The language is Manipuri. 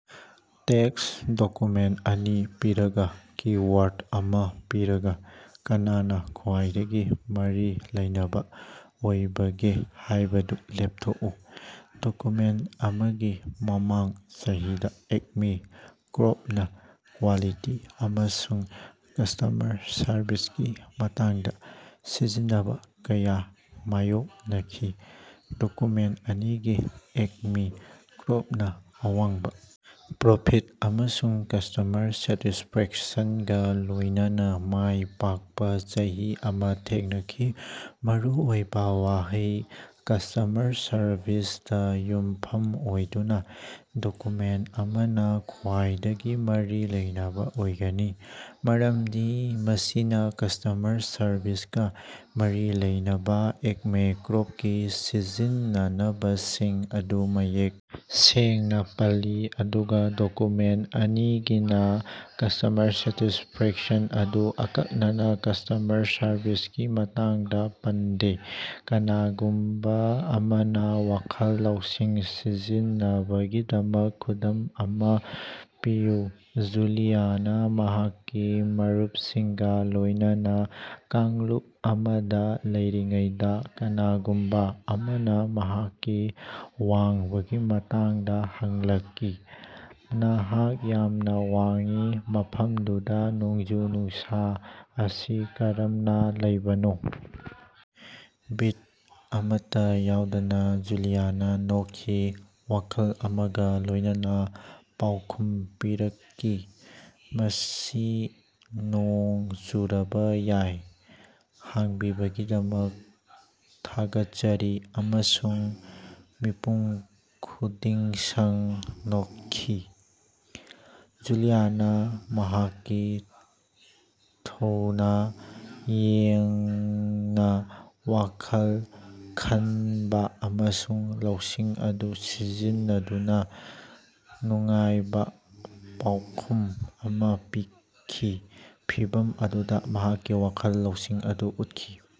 ꯇꯦꯛꯁ ꯗꯣꯀ꯭ꯌꯨꯃꯦꯟꯇ ꯑꯅꯤ ꯄꯤꯔꯒꯥ, ꯀꯤ-ꯋꯥꯔꯗ ꯑꯃꯥ ꯄꯤꯔꯒꯥ ꯀꯅꯥꯅꯥ ꯈ꯭ꯋꯥꯏꯗꯒꯤ ꯃꯔꯤ ꯂꯩꯅꯕꯥ ꯑꯣꯏꯕꯒꯦ ꯍꯥꯏꯕꯗꯨ ꯂꯦꯞꯊꯣꯛꯎ꯫ ꯗꯣꯀꯨꯃꯦꯟꯇ ꯑꯃꯒꯤ ꯃꯃꯥꯡ ꯆꯍꯤꯗꯥ ꯑꯦꯛꯃꯦ ꯀ꯭ꯔ‌ꯣꯞꯅꯥ ꯀ꯭ꯋꯥꯂꯤꯇꯤ ꯑꯃꯁꯨꯡ ꯀꯁ꯭ꯇꯃꯔ ꯁꯔꯕꯤꯁꯀꯤ ꯃꯇꯥꯡꯗꯥ ꯁꯤꯖꯤꯟꯅꯕꯥ ꯀꯌꯥ ꯃꯥꯌꯣꯛꯅꯈꯤ ꯗꯣꯀꯨꯃꯦꯟꯇ ꯑꯅꯤꯒꯤ ꯑꯦꯛꯃꯦ ꯀ꯭ꯔ‌ꯣꯞꯅꯥ ꯑꯋꯥꯡꯕꯥ ꯄ꯭ꯔꯣꯐꯤꯠ ꯑꯃꯁꯨꯡ ꯀꯁ꯭ꯇꯃꯔ ꯁꯦꯇꯤꯁꯐꯦꯛꯁꯟꯒꯥ ꯂꯣꯏꯅꯅꯥ ꯃꯥꯏ ꯄꯥꯛꯄꯥ ꯆꯍꯤ ꯑꯃꯥ ꯊꯦꯡꯅꯈꯤ ꯃꯔꯨꯑꯣꯏꯕꯥ ꯋꯥꯍꯩ: ꯀꯁ꯭ꯇꯃꯔ ꯁꯔꯕꯤꯁꯗꯥ ꯌꯨꯝꯐꯝ ꯑꯣꯏꯗꯨꯅꯥ, ꯗꯣꯀ꯭ꯌꯨꯃꯦꯟꯇ ꯑꯃꯥꯅꯥ ꯈ꯭ꯋꯥꯏꯗꯒꯤ ꯃꯔꯤ ꯂꯩꯅꯕꯥ ꯑꯣꯏꯒꯅꯤ, ꯃꯔꯝꯗꯤ ꯃꯁꯤꯅꯥ ꯀꯁ꯭ꯇꯃꯔ ꯁꯔꯚꯤꯁꯀꯥ ꯃꯔꯤ ꯂꯩꯅꯕꯥ ꯑꯦꯛꯃꯦ ꯀ꯭ꯔ‌ꯣꯞꯀꯤ ꯁꯤꯖꯤꯟꯅꯅꯕꯁꯤꯡ ꯑꯗꯨ ꯃꯌꯦꯛ ꯁꯦꯡꯅꯥ ꯄꯜꯂꯤ, ꯑꯗꯨꯒꯥ ꯗꯣꯀ꯭ꯌꯨꯃꯦꯟꯇ ꯑꯅꯤꯒꯤꯅꯥ ꯀꯁ꯭ꯇꯃꯔ ꯁꯦꯇꯤꯁꯐꯦꯛꯁꯟ ꯑꯗꯨꯕꯨ ꯑꯀꯛꯅꯅꯥ ꯀꯁ꯭ꯇꯃꯔ ꯁꯔꯚꯤꯁꯀꯤ ꯃꯇꯥꯡꯗꯥ ꯄꯟꯗꯦ꯫ ꯀꯅꯥꯒꯨꯝꯕꯥ ꯑꯃꯅꯥ ꯋꯥꯈꯜ ꯂꯧꯁꯤꯡ ꯁꯤꯖꯤꯟꯅꯕꯒꯤ ꯈꯨꯗꯝ ꯑꯃꯥ ꯄꯤꯌꯨ꯫ ꯖꯨꯂꯤꯌꯥꯅꯥ ꯃꯍꯥꯛꯀꯤ ꯃꯔꯨꯞꯁꯤꯡꯒꯥ ꯂꯣꯏꯅꯅꯥ ꯀꯥꯡꯂꯨꯞ ꯑꯃꯗꯥ ꯂꯩꯔꯤꯉꯩꯗꯥ ꯀꯅꯥꯒꯨꯝꯕꯥ ꯑꯃꯅꯥ ꯃꯍꯥꯛꯀꯤ ꯋꯥꯡꯕꯒꯤ ꯃꯇꯥꯡꯗꯥ ꯍꯪꯂꯛꯏ, ꯅꯍꯥꯛ ꯌꯥꯝꯅꯥ ꯋꯥꯡꯏ, ꯃꯐꯝꯗꯨꯗꯥ ꯅꯣꯡꯖꯨ-ꯅꯨꯡꯁꯥ ꯑꯁꯤ ꯀꯔꯝꯅꯥ ꯂꯩꯕꯅꯣ? ꯕꯤꯠ ꯑꯃꯠꯇꯥ ꯌꯥꯎꯗꯅꯥ ꯖꯨꯂꯤꯌꯥꯅꯥ ꯅꯣꯛꯈꯤ, ꯋꯥꯈꯜ ꯑꯃꯒꯥ ꯂꯣꯏꯅꯅꯥ ꯄꯥꯎꯈꯨꯝ ꯄꯤꯔꯛꯏ, ꯃꯁꯤ ꯅꯣꯡ ꯆꯨꯔꯕꯥ ꯌꯥꯏ, ꯍꯪꯕꯤꯕꯒꯤꯗꯃꯛ ꯊꯥꯒꯠꯆꯔꯤ ꯑꯃꯁꯨꯡ ꯃꯤꯄꯨꯝ ꯈꯨꯗꯤꯡꯃꯛ ꯅꯣꯛꯈꯤ꯫ ꯖꯨꯂꯤꯌꯥꯅꯥ ꯃꯍꯥꯛꯀꯤ ꯊꯨꯅꯥ ꯌꯥꯡꯅꯥ ꯋꯥꯈꯜ ꯈꯟꯕꯥ ꯑꯃꯁꯨꯡ ꯂꯧꯁꯤꯡ ꯑꯗꯨ ꯁꯤꯖꯤꯟꯅꯗꯨꯅꯥ ꯅꯨꯡꯉꯥꯏꯕꯥ ꯄꯥꯎꯈꯨꯝ ꯑꯃꯥ ꯄꯤꯈꯤ, ꯐꯤꯚꯝ ꯑꯗꯨꯗꯥ ꯃꯍꯥꯛꯀꯤ ꯋꯥꯈꯜ ꯂꯧꯁꯤꯡ ꯑꯗꯨ ꯎꯠꯈꯤ꯫